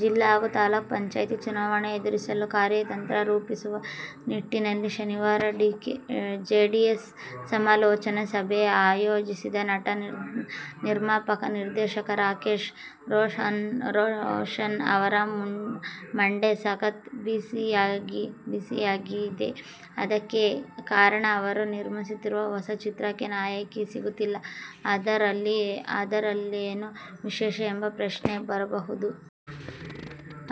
ಜಿಲ್ಲಾ ಹಾಗೂ ತಾಲೂಕು ಪಂಚಾಯತ್ ಚುನಾವಣೆ ಎದುರಿಸಲು ಕಾರ್ಯತಂತ್ರ ರೂಪಿಸುವ ನಿಟ್ಟಿನಲ್ಲಿ ಶನಿವಾರ ಜೆಡಿಎಸ್ ಸಮಾಲೋಚನಾ ಸಭೆ ಆಯೋಜಿಸಿದೆ. ನಟ-ನಿರ್ಮಾಪಕ-ನಿರ್ದೇಶಕ ರಾಕೇಶ್ ರೋಶನ್ ಅವರ ಮಂಡೆ ಸಖತ್ ಬಿಸಿಯಾಗಿದೆ. ಅದಕ್ಕೆ ಕಾರಣ ಅವರು ನಿರ್ಮಿಸುತ್ತಿರುವ ಹೊಸ ಚಿತ್ರಕ್ಕೆ ನಾಯಕಿ ಸಿಗುತ್ತಿಲ್ಲ. ಅದರಲ್ಲೇನು ವಿಶೇಷ ಎಂಬ ಪ್ರಶ್ನೆ ಬರಬಹುದು.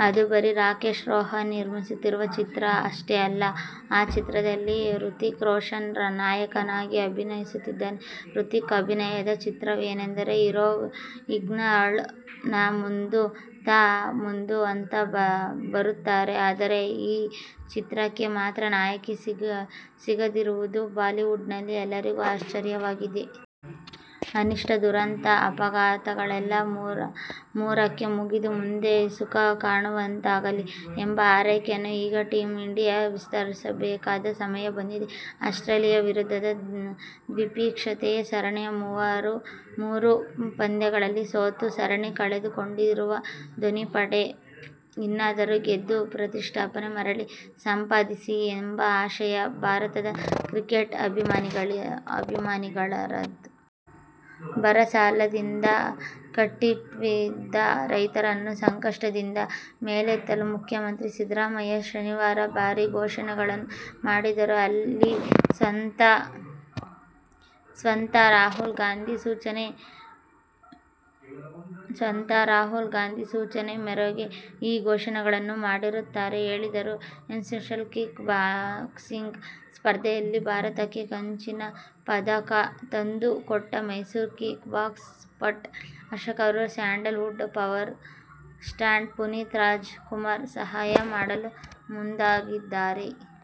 ಅದು ಬರೀ ರಾಕೇಶ್ ರೋಶನ್ ನಿರ್ಮಿಸುತ್ತಿರುವ ಚಿತ್ರ ಅಷ್ಟೇ ಅಲ್ಲ, ಆ ಚಿತ್ರದಲ್ಲಿ ಹೃತಿಕ್ ರೋಶನ್ ನಾಯಕನಾಗಿ ಅಭಿನಯಿಸುತ್ತಿದ್ದಾರೆ. ಹೃತಿಕ್ ಅಭಿನಯದ ಚಿತ್ರವೆಂದರೆ ಹೀರೋಯಿನ್ಗಳು ನಾ ಮುಂದು, ತಾ ಮುಂದೂ ಅಂತ ಬರುತ್ತಾರೆ. ಆದರೆ, ಈ ಚಿತ್ರಕ್ಕೆ ಮಾತ್ರ ನಾಯಕಿ ಸಿಗದಿರುವುದು ಬಾಲಿವುಡ್ನಲ್ಲಿ ಎಲ್ಲರಿಗೂ ಆಶ್ಚರ್ಯವಾಗಿದೆ. ಅನಿಷ್ಟ, ದುರಂತ, ಆಘಾತಗಳೆಲ್ಲ ಮೂರಕ್ಕೇ ಮುಗಿದು ಮುಂದೆ ಸುಖ ಕಾಣುವಂತಾಗಲಿ ಎಂಬ ಹಾರೈಕೆಯನ್ನು ಈಗ ಟೀಮ್ ಇಂಡಿಯಾಕ್ಕೂ ವಿಸ್ತರಿಸಬೇಕಾದ ಸಮಯ ಬಂದಿದೆ. ಆಸ್ಟ್ರೇಲಿಯ ವಿರುದ್ಧದ ದ್ವಿಪಕ್ಷೀಯ ಸರಣಿಯ ಮೂರೂ ಪಂದ್ಯಗಳಲ್ಲಿ ಸೋತು ಸರಣಿ ಕಳೆದುಕೊಂಡಿರುವ ಧೋನಿ ಪಡೆ ಇನ್ನಾದರೂ ಗೆದ್ದು ಪ್ರತಿಷ್ಠೆ ಮರಳಿ ಸಂಪಾದಿಸಲಿ ಎಂಬ ಆಶಯ ಭಾರತದ ಕ್ರಿಕೆಟ್ ಅಭಿಮಾನಿಗಳದ್ದು. ಬರ, ಸಾಲದಿಂದ ಕಂಗೆಟ್ಟಿದ್ದ ರೈತರನ್ನು ಸಂಕಷ್ಟದಿಂದ ಮೇಲೆತ್ತಲು ಮುಖ್ಯಮಂತ್ರಿ ಸಿದ್ದರಾಮಯ್ಯ ಶನಿವಾರ ಭಾರೀ ಘೋಷಣೆಗಳನ್ನು ಮಾಡಿದ್ದಾರೆ. ಅಲ್ಲದೆ, ಸ್ವತಃ ರಾಹುಲ್ ಗಾಂಧಿ ಸೂಚನೆ ಮೇರೆಗೆ ಈ ಘೋಷಣೆಗಳನ್ನು ಮಾಡುತ್ತಿರುವುದಾಗಿ ಹೇಳಿದ್ದಾರೆ. ಏಷ್ಯನ್ ಕಿಕ್ ಬಾಕ್ಸಿಂಗ್ ಸ್ಪರ್ಧೆಯಲ್ಲಿ ಭಾರತಕ್ಕೆ ಕಂಚಿನ ಪದಕ ತಂದು ಕೊಟ್ಟ ಮೈಸೂರಿನ ಕಿಕ್ ಬಾಕ್ಸರ್ ಪಟು ಹರ್ಷರವರಿಗೆ sandalwood power star Puneeth Rajkumar ಸಹಾಯ ಮಾಡಲು ಮುಂದಾಗಿದ್ದಾರೆ.